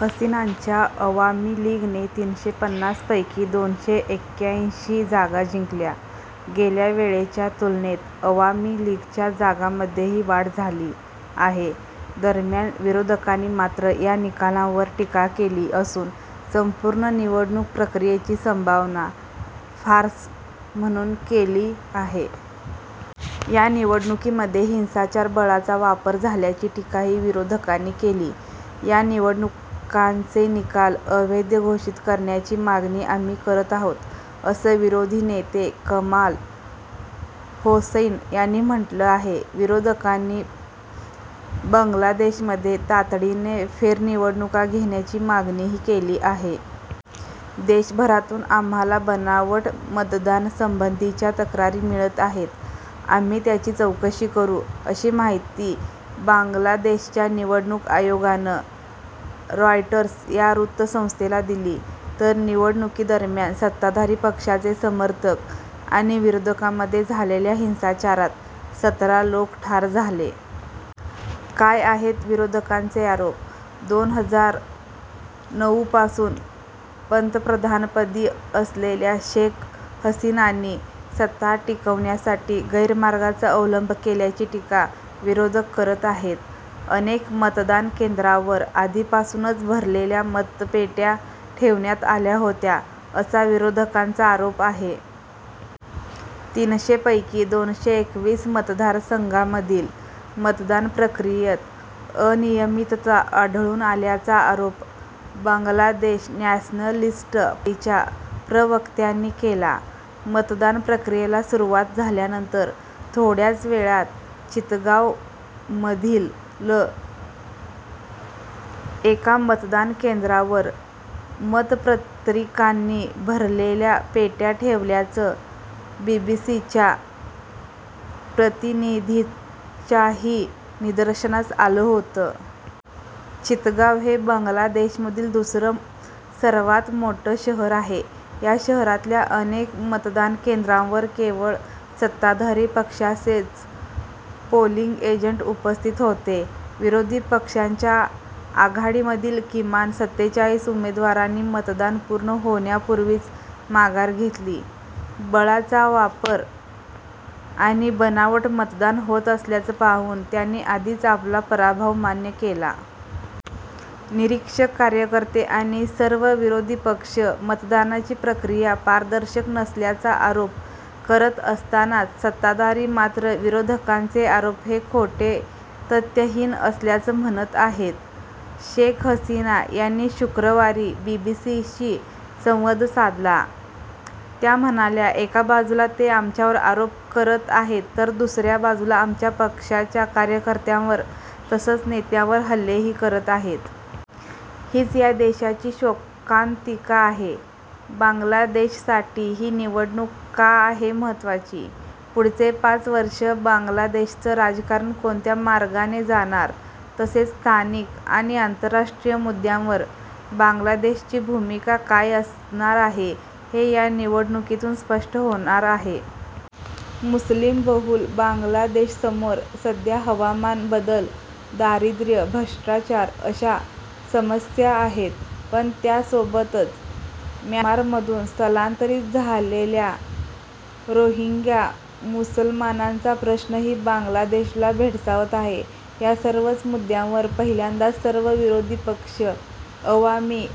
हसीनांच्या अवामी लीगने तीनशे पन्नास पैकी दोनशे एक्याऐंशी जागा जिंकल्या. गेल्यावेळेच्या तुलनेत अवामी लीगच्या जागांमध्येही वाढ झाली आहे. दरम्यान, विरोधकांनी मात्र या निकालांवर टीका केली असून संपूर्ण निवडणूक प्रक्रियेची संभावना 'फार्स' म्हणून केली आहे. या निवडणुकीमध्ये हिंसाचार, बळाचा वापर झाल्याची टीकाही विरोधकांनी केली. या निवडणुकांचे निकाल अवैध घोषित करण्याची मागणी आम्ही करत आहोत, असं विरोधी नेते कमाल होसैन यांनी म्हटलं आहे. विरोधकांनी बांगलादेशमध्ये तातडीने फेरनिवडणुका घेण्याची मागणीही केली आहे. देशभरातून आम्हाला बनावट मतदानासंबंधीच्या तक्रारी मिळत आहेत. आम्ही त्याची चौकशी करू अशी माहिती बांगलादेशच्या निवडणूक आयोगानं रॉयटर्स या वृत्तसंस्थेला दिली. तर निवडणुकीदरम्यान सत्ताधारी पक्षाचे समर्थक आणि विरोधकांमध्ये झालेल्या हिंसाचारात सतरा लोक ठार झाले. काय आहेत विरोधकांचे आरोप? दोन हजार नऊ पासून पंतप्रधानपदी असलेल्या शेख हसीनांनी सत्ता टिकवण्यासाठी गैरमार्गाचा अवलंब केल्याची टीका विरोधक करत आहेत. अनेक मतदान केंद्रांवर आधीपासूनच भरलेल्या मतपेट्या ठेवण्यात आल्या होत्या, असा विरोधकांचा आरोप आहे. तीनशे पैकी दोनशे एकवीस मतदारसंघांमधील मतदान प्रक्रियेत अनियमितता आढळून आल्याचा आरोप बांगलादेश नॅशनलिस्ट पार्टीच्या प्रवक्त्यांनी केला. मतदान प्रक्रियेला सुरुवात झाल्यानंतर थोड्याच वेळात चितगावमधीलल एका मतदान केंद्रावर मतपत्रिकांनी भरलेल्या पेट्या ठेवल्याचं बीबीसीच्या प्रतिनिधीच्याही निदर्शनास आलं होतं. चितगाव हे बांगलादेशमधील दुसरं सर्वांत मोठं शहर आहे. या शहरातल्या अनेक मतदान केंद्रांवर केवळ सत्ताधारी पक्षाचेच 'पोलिंग एजंट' उपस्थित होते. विरोधी पक्षांच्या आघाडीमधील किमान सतेचाळीस उमेदवारांनी मतदान पूर्ण होण्यापूर्वीच माघार घेतली. बळाचा वापर आणि बनावट मतदान होत असल्याचं पाहून त्यांनी आधीच आपला पराभव मान्य केला. निरीक्षक, कार्यकर्ते आणि सर्व विरोधी पक्ष मतदानाची प्रक्रिया पारदर्शक नसल्याचा आरोप करत असतानाच सत्ताधारी मात्र विरोधकांचे आरोप हे खोटे तथ्यहीन असल्याचं म्हणत आहेत. शेख हसीना यांनी शुक्रवारी बीबीसीशी संवाद साधला. त्या म्हणाल्या, एका बाजूला ते आमच्यावर आरोप करत आहेत तर दुसऱ्या बाजूला आमच्या पक्षाच्या कार्यकर्त्यांवर तसंच नेत्यांवर हल्लेही करत आहेत. हीच या देशाची शोकांतिका आहे. बांगलादेशसाठी ही निवडणूक का आहे महत्त्वाची? पुढचे पाच वर्षं बांगलादेशचं राजकारण कोणत्या मार्गाने जाणार तसेच स्थानिक आणि आंतरराष्ट्रीय मुद्द्यांवर बांगलादेशची भूमिका काय असणार आहे, हे या निवडणुकीतून स्पष्ट होणार आहे. मुस्लीमबहुल बांगलादेशसमोर सध्या हवामान बदल, दारिद्र्य, भ्रष्टाचार अशा समस्या आहेत. पण त्यासोबतच म्यानमारमधून स्थलांतरित झालेल्या रोहिंग्या मुसलमानांचा प्रश्नही बांगलादेशला भेडसावत आहे. या सर्वच मुद्द्यांवर पहिल्यांदाच सर्व विरोधी पक्ष अवामी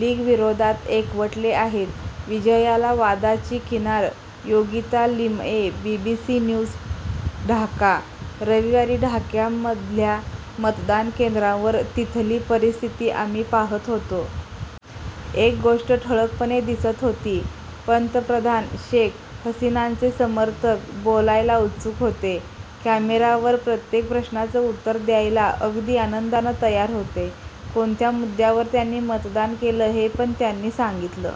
लीगविरोधात एकवटले आहेत. विजयाला वादाची किनार योगिता लिमये बीबीसी न्यूज ढाका रविवारी ढाक्यामधल्या मतदान केंद्रांवर तिथली परिस्थिती आम्ही पाहत होतो. एक गोष्ट ठळकपणे दिसत होती. पंतप्रधान शेख हसीनांचे समर्थक बोलायला उत्सुक होते. कॅमेऱ्यावर प्रत्येक प्रश्नाचं उत्तर द्यायला अगदी आनंदानं तयार होते. कोणत्या मुद्द्यावर त्यांनी मतदान केलं, हे पण त्यांनी सांगितलं.